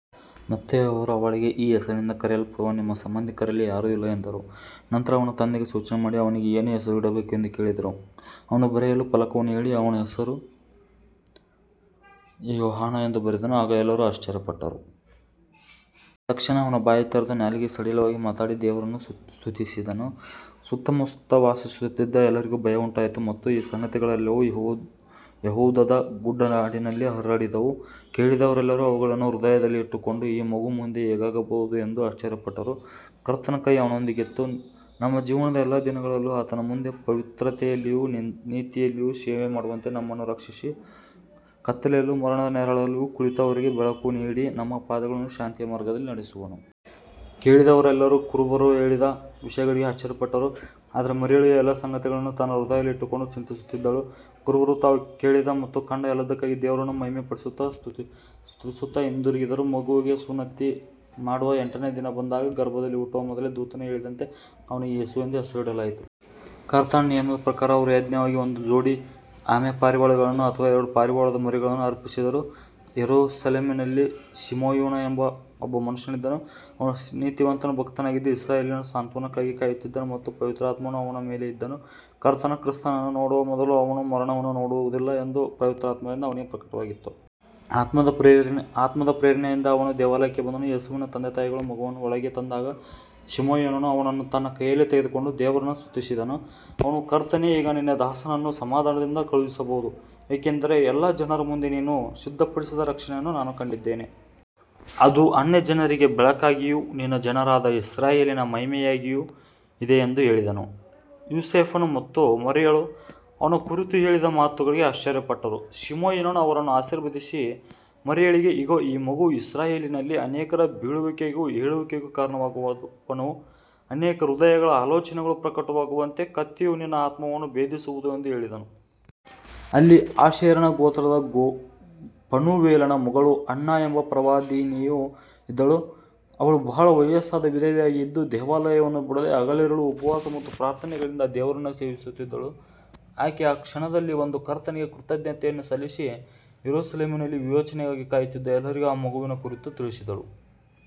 ಮತ್ತು ಅವರು ಅವಳಿಗೆ, ಈ ಹೆಸರಿನಿಂದ ಕರೆಯಲ್ಪಡುವ ನಿಮ್ಮ ಸಂಬಂಧಿಕರಲ್ಲಿ ಯಾರೂ ಇಲ್ಲ ಎಂದರು. ನಂತರ ಅವನ ತಂದೆಗೆ ಸೂಚನೆ ಮಾಡಿ, ಅವನಿಗೆ ಏನು ಹೆಸರು ಇಡಬೇಕು ಎಂದು ಕೇಳಿದರು. ಅವನು ಬರೆಯಲು ಫಲಕವನ್ನು ಕೇಳಿ, ಅವನ ಹೆಸರು ಯೋಹಾನ ಎಂದು ಬರೆದನು. ಆಗ ಎಲ್ಲರೂ ಆಶ್ಚರ್ಯಪಟ್ಟರು. ತಕ್ಷಣ ಅವನ ಬಾಯಿ ತೆರೆದು ನಾಲಿಗೆ ಸಡಿಲವಾಗಿ ಮಾತಾಡಿ ದೇವರನ್ನು ಸ್ತುತಿಸಿದನು. ಸುತ್ತಮುತ್ತ ವಾಸಿಸುತ್ತಿದ್ದ ಎಲ್ಲರಿಗೂ ಭಯವುಂಟಾಯಿತು ಮತ್ತು ಈ ಸಂಗತಿಗಳೆಲ್ಲವೂ ಯೆಹೂದದ ಗುಡ್ಡನಾಡಿನಲ್ಲಿ ಹರಡಿದವು. ಕೇಳಿದವರೆಲ್ಲರೂ ಅವುಗಳನ್ನು ಹೃದಯದಲ್ಲಿ ಇಟ್ಟುಕೊಂಡು, ಈ ಮಗು ಮುಂದೆ ಹೇಗಾಗಬಹುದು ಎಂದು ಆಶ್ಚರ್ಯಪಟ್ಟರು. ಕರ್ತನ ಕೈ ಅವನೊಂದಿಗಿತ್ತು. ನಮ್ಮ ಜೀವನದ ಎಲ್ಲಾ ದಿನಗಳಲ್ಲೂ ಆತನ ಮುಂದೆ ಪವಿತ್ರತೆಯಲ್ಲಿಯೂ ನೀತಿಯಲ್ಲಿಯೂ ಸೇವೆಮಾಡುವಂತೆ ನಮ್ಮನ್ನು ರಕ್ಷಿಸಿ, ಕತ್ತಲೆಯಲ್ಲೂ ಮರಣದ ನೆರಳಲ್ಲೂ ಕುಳಿತವರಿಗೆ ಬೆಳಕು ನೀಡಿ, ನಮ್ಮ ಪಾದಗಳನ್ನು ಶಾಂತಿಯ ಮಾರ್ಗದಲ್ಲಿ ನಡೆಸುವನು. ಕೇಳಿದವರೆಲ್ಲರೂ ಕುರುಬರು ಹೇಳಿದ ವಿಷಯಗಳಿಗೆ ಆಶ್ಚರ್ಯಪಟ್ಟರು. ಆದರೆ ಮರಿಯಳು ಈ ಎಲ್ಲಾ ಸಂಗತಿಗಳನ್ನು ತನ್ನ ಹೃದಯದಲ್ಲಿ ಇಟ್ಟುಕೊಂಡು ಚಿಂತಿಸುತ್ತಿದ್ದಳು. ಕುರುಬರು ತಾವು ಕೇಳಿದ ಮತ್ತು ಕಂಡ ಎಲ್ಲದಕ್ಕಾಗಿ ದೇವರನ್ನು ಮಹಿಮೆಪಡಿಸುತ್ತಾ ಸ್ತುತಿಸುತ್ತಾ ಹಿಂದಿರುಗಿದರು. ಮಗುವಿಗೆ ಸುನ್ನತಿ ಮಾಡುವ ಎಂಟನೇ ದಿನ ಬಂದಾಗ, ಗರ್ಭದಲ್ಲಿ ಹುಟ್ಟುವ ಮೊದಲೇ ದೂತನು ಹೇಳಿದಂತೆ ಅವನಿಗೆ ಯೇಸು ಎಂದು ಹೆಸರು ಇಡಲಾಯಿತು. ಕರ್ತನ ನಿಯಮದ ಪ್ರಕಾರ ಅವರು ಯಜ್ಞವಾಗಿ ಒಂದು ಜೋಡಿ ಆಮೆಪಾರಿವಾಳಗಳನ್ನು ಅಥವಾ ಎರಡು ಪಾರಿವಾಳದ ಮರಿಗಳನ್ನು ಅರ್ಪಿಸಿದರು. ಯೆರೂಸಲೇಮಿನಲ್ಲಿ ಸಿಮೆಯೋನ ಎಂಬ ಒಬ್ಬ ಮನುಷ್ಯನಿದ್ದನು. ಅವನು ನೀತಿವಂತನೂ ಭಕ್ತನೂ ಆಗಿದ್ದು, ಇಸ್ರಾಯೇಲಿನ ಸಾಂತ್ವನಕ್ಕಾಗಿ ಕಾಯುತ್ತಿದ್ದನು ಮತ್ತು ಪವಿತ್ರಾತ್ಮನು ಅವನ ಮೇಲೆ ಇದ್ದನು. ಕರ್ತನ ಕ್ರಿಸ್ತನನ್ನು ನೋಡುವ ಮೊದಲು ಅವನು ಮರಣವನ್ನು ನೋಡುವುದಿಲ್ಲ ಎಂದು ಪವಿತ್ರಾತ್ಮದಿಂದ ಅವನಿಗೆ ಪ್ರಕಟವಾಗಿತ್ತು. ಆತ್ಮದ ಪ್ರೇರಣೆಯಿಂದ ಆತ್ಮದ ಪ್ರೇರಣೆಯಿಂದ ಅವನು ದೇವಾಲಯಕ್ಕೆ ಬಂದನು. ಯೇಸುವಿನ ತಂದೆತಾಯಿಗಳು ಮಗುವನ್ನು ಒಳಗೆ ತಂದಾಗ ಸಿಮೆಯೋನನು ಅವನನ್ನು ತನ್ನ ಕೈಯಲ್ಲಿ ತೆಗೆದುಕೊಂಡು ದೇವರನ್ನು ಸ್ತುತಿಸಿದನು. ಅವನು, ಕರ್ತನೇ, ಈಗ ನಿನ್ನ ದಾಸನನ್ನು ಸಮಾಧಾನದಿಂದ ಕಳುಹಿಸಬಹುದು, ಏಕೆಂದರೆ ಎಲ್ಲಾ ಜನರ ಮುಂದೆ ನೀನು ಸಿದ್ಧಪಡಿಸಿದ ರಕ್ಷಣೆಯನ್ನು ನಾನು ಕಂಡಿದ್ದೇನೆ. ಅದು ಅನ್ಯಜನರಿಗೆ ಬೆಳಕಾಗಿಯೂ ನಿನ್ನ ಜನರಾದ ಇಸ್ರಾಯೇಲಿನ ಮಹಿಮೆಯಾಗಿಯೂ ಇದೆ ಎಂದು ಹೇಳಿದನು. ಯೋಸೇಫನು ಮತ್ತು ಮರಿಯಳು ಅವನ ಕುರಿತು ಹೇಳಿದ ಮಾತುಗಳಿಗೆ ಆಶ್ಚರ್ಯಪಟ್ಟರು. ಸಿಮೆಯೋನನು ಅವರನ್ನು ಆಶೀರ್ವದಿಸಿ ಮರಿಯಳಿಗೆ, ಇಗೋ, ಈ ಮಗು ಇಸ್ರಾಯೇಲಿನಲ್ಲಿ ಅನೇಕರ ಬೀಳುವಿಕೆಗೂ ಏಳುವಿಕೆಗೂ ಕಾರಣವಾಗುವನು. ಅನೇಕ ಹೃದಯಗಳ ಆಲೋಚನೆಗಳು ಪ್ರಕಟವಾಗುವಂತೆ ಕತ್ತಿಯು ನಿನ್ನ ಆತ್ಮವನ್ನೂ ಭೇದಿಸುವುದು ಎಂದು ಹೇಳಿದನು. ಅಲ್ಲಿ ಆಶೇರನ ಗೋತ್ರದ ಫನೂವೇಲನ ಮಗಳು ಅನ್ನ ಎಂಬ ಪ್ರವಾದಿನಿಯೂ ಇದ್ದಳು. ಅವಳು ಬಹಳ ವಯಸ್ಸಾದ ವಿಧವೆಯಾಗಿದ್ದು, ದೇವಾಲಯವನ್ನು ಬಿಡದೆ ಹಗಲಿರುಳು ಉಪವಾಸ ಮತ್ತು ಪ್ರಾರ್ಥನೆಗಳಿಂದ ದೇವರನ್ನು ಸೇವಿಸುತ್ತಿದ್ದಳು. ಆಕೆ ಆ ಕ್ಷಣದಲ್ಲಿ ಬಂದು ಕರ್ತನಿಗೆ ಕೃತಜ್ಞತೆಯನ್ನು ಸಲ್ಲಿಸಿ, ಯೆರೂಸಲೇಮಿನಲ್ಲಿ ವಿಮೋಚನೆಗಾಗಿ ಕಾಯುತ್ತಿದ್ದ ಎಲ್ಲರಿಗೂ ಆ ಮಗುವಿನ ಕುರಿತು ತಿಳಿಸಿದಳು.